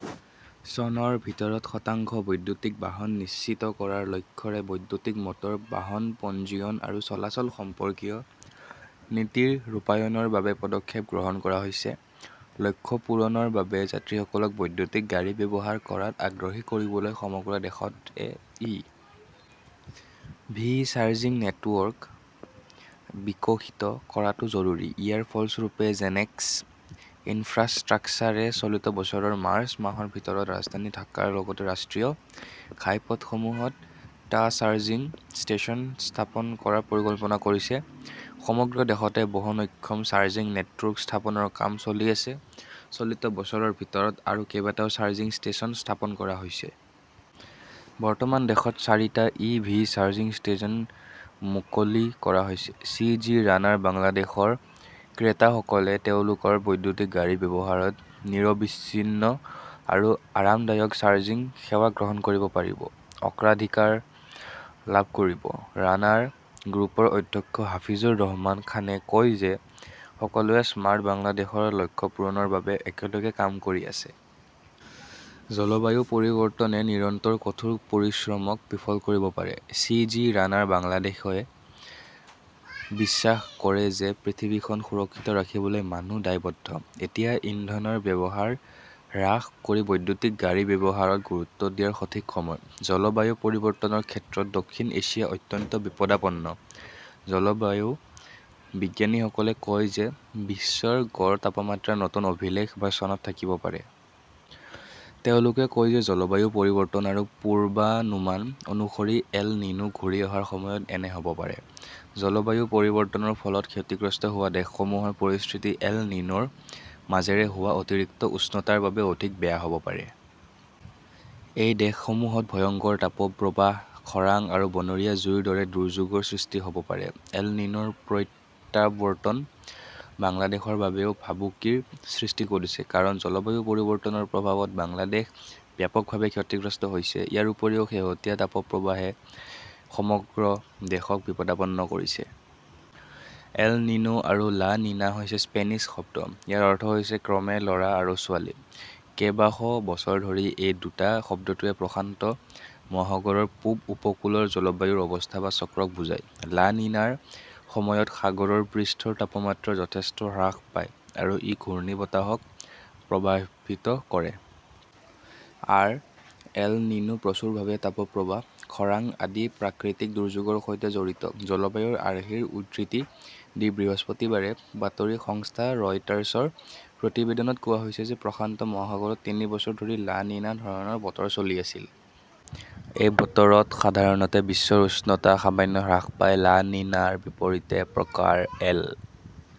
চনৰ ভিতৰত শতাংশ বৈদ্যুতিক বাহন নিশ্চিত কৰাৰ লক্ষ্যৰে বৈদ্যুতিক মটৰ বাহন পঞ্জীয়ন আৰু চলাচল সম্পৰ্কীয় নীতি- ৰ ৰূপায়ণৰ বাবে পদক্ষেপ গ্ৰহণ কৰা হৈছে। লক্ষ্য পূৰণৰ বাবে যাত্ৰীসকলক বৈদ্যুতিক গাড়ী ব্যৱহাৰ কৰাত আগ্ৰহী কৰিবলৈ সমগ্ৰ দেশতে ই. ভি. চাৰ্জিং নেটৱৰ্ক বিকশিত কৰাটো জৰুৰী। ইয়াৰ ফলস্বৰূপে, জেনেক্স ইনফ্ৰাষ্ট্ৰাকচাৰে চলিত বছৰৰ মাৰ্চ মাহৰ ভিতৰত ৰাজধানী ঢাকাৰ লগতে ৰাষ্ট্ৰীয় ঘাইপথসমূহত টা চাৰ্জিং ষ্টেচন স্থাপন কৰাৰ পৰিকল্পনা কৰিছে। সমগ্ৰ দেশতে বহনক্ষম চাৰ্জিং নেটৱৰ্ক স্থাপনৰ কাম চলি আছে, চলিত বছৰৰ ভিতৰত আৰু কেইবাটাও চাৰ্জিং ষ্টেচন স্থাপন কৰা হৈছে। বৰ্তমান দেশত চাৰিটা ই ভি চাৰ্জিং ষ্টেচন মুকলি কৰা হৈছে। চি. জি. ৰানাৰ বাংলাদেশৰ ক্ৰেতাসকলে তেওঁলোকৰ বৈদ্যুতিক গাড়ী ব্যৱহাৰত নিৰবিচ্ছিন্ন আৰু আৰামদায়ক চাৰ্জিং সেৱা গ্ৰহণ কৰিব পাৰিব; অগ্ৰাধিকাৰ লাভ কৰিব। ৰানাৰ গ্ৰুপৰ অধ্যক্ষ হাফিজুৰ ৰহমান খানে কয় যে সকলোৱে স্মাৰ্ট বাংলাদেশৰ লক্ষ্য পূৰণৰ বাবে একেলগে কাম কৰি আছে। জলবায়ু পৰিৱৰ্তনে নিৰন্তৰ কঠোৰ পৰিশ্ৰমক বিফল কৰিব পাৰে। চি. জি. ৰানাৰ বাংলাদেশই বিশ্বাস কৰে যে পৃথিৱীখন সুৰক্ষিত ৰাখিবলৈ মানুহ দায়বদ্ধ। এতিয়া ইন্ধনৰ ব্যৱহাৰ হ্ৰাস কৰি বৈদ্যুতিক গাড়ী ব্যৱহাৰত গুৰুত্ব দিয়াৰ সঠিক সময়। জলবায়ু পৰিৱৰ্তনৰ ক্ষেত্ৰত দক্ষিণ এছিয়া অত্যন্ত বিপদাপন্ন জলবায়ু বিজ্ঞানীসকলে কয় যে বিশ্বৰ গড় তাপমাত্ৰাৰ নতুন অভিলেখ বা চনত থাকিব পাৰে। তেওঁলোকে কয় যে জলবায়ু পৰিৱৰ্তন আৰু পূৰ্বানুমান অনুসৰি 'এল নিনো "ঘূৰি অহাৰ সময়ত এনে হ" ব পাৰে। জলবায়ু পৰিৱৰ্তনৰ ফলত ক্ষতিগ্ৰস্ত হোৱা দেশসমূহৰ পৰিস্থিতি এল নিন "ৰ মাজেৰে হোৱা অতিৰিক্ত উষ্ণতাৰ বাবে অধিক বেয়া হ" ব পাৰে। এই দেশসমূহত ভয়ংকৰ তাপপ্ৰবাহ, খৰাং আৰু বনৰীয়া জুইৰ দৰে দুৰ্যোগৰ সৃষ্টি হ "ব পাৰে। এল নিন "ৰ প্ৰত্যাৱৰ্তন বাংলাদেশৰ বাবেও ভাবুকিৰ সৃষ্টি কৰিছে। কাৰণ, জলবায়ু পৰিৱৰ্তনৰ প্ৰভাৱত বাংলাদেশ ব্যাপকভাৱে ক্ষতিগ্ৰস্ত হৈছে। ইয়াৰ উপৰিও শেহতীয়া তাপপ্ৰবাহে সমগ্ৰ দেশক বিপদাপন্ন কৰিছে। এল নিনো আৰু লা নিনা হৈছে স্পেনিছ শব্দ। ইয়াৰ অৰ্থ হৈছে ক্ৰমে ল "ৰা আৰু ছোৱালী। কেইবাশ বছৰ ধৰি এই দুটা শব্দটোৱে প্ৰশান্ত মহাসাগৰৰ পূব উপকূলৰ জলবায়ুৰ অৱস্থা বা চক্ৰক বুজায়। লা নিনাৰ সময়ত সাগৰৰ পৃষ্ঠৰ তাপমাত্ৰা যথেষ্ট হ্ৰাস পায় আৰু ই ঘূৰ্ণীবতাহক প্ৰভাৱিত কৰে। আৰ এল নিনো প্ৰচুৰভাৱে তাপপ্ৰবাহ, খৰাং আদি প্ৰাকৃতিক দুৰ্যোগৰ সৈতে জড়িত। জলবায়ুৰ আৰ্হিৰ উদ্ধৃতি দি বৃহস্পতিবাৰে বাতৰি সংস্থা ৰয়টাৰ্ছৰ প্ৰতিবেদনত কোৱা হৈছে যে প্ৰশান্ত মহাসাগৰত তিনি বছৰ ধৰি লা নিনা ধৰণৰ বতৰ চলি আছিল। এই বতৰত সাধাৰণতে বিশ্বৰ উষ্ণতা সামান্য হ্ৰাস পায়। লা নিনাৰ বিপৰীত প্ৰকাৰ এল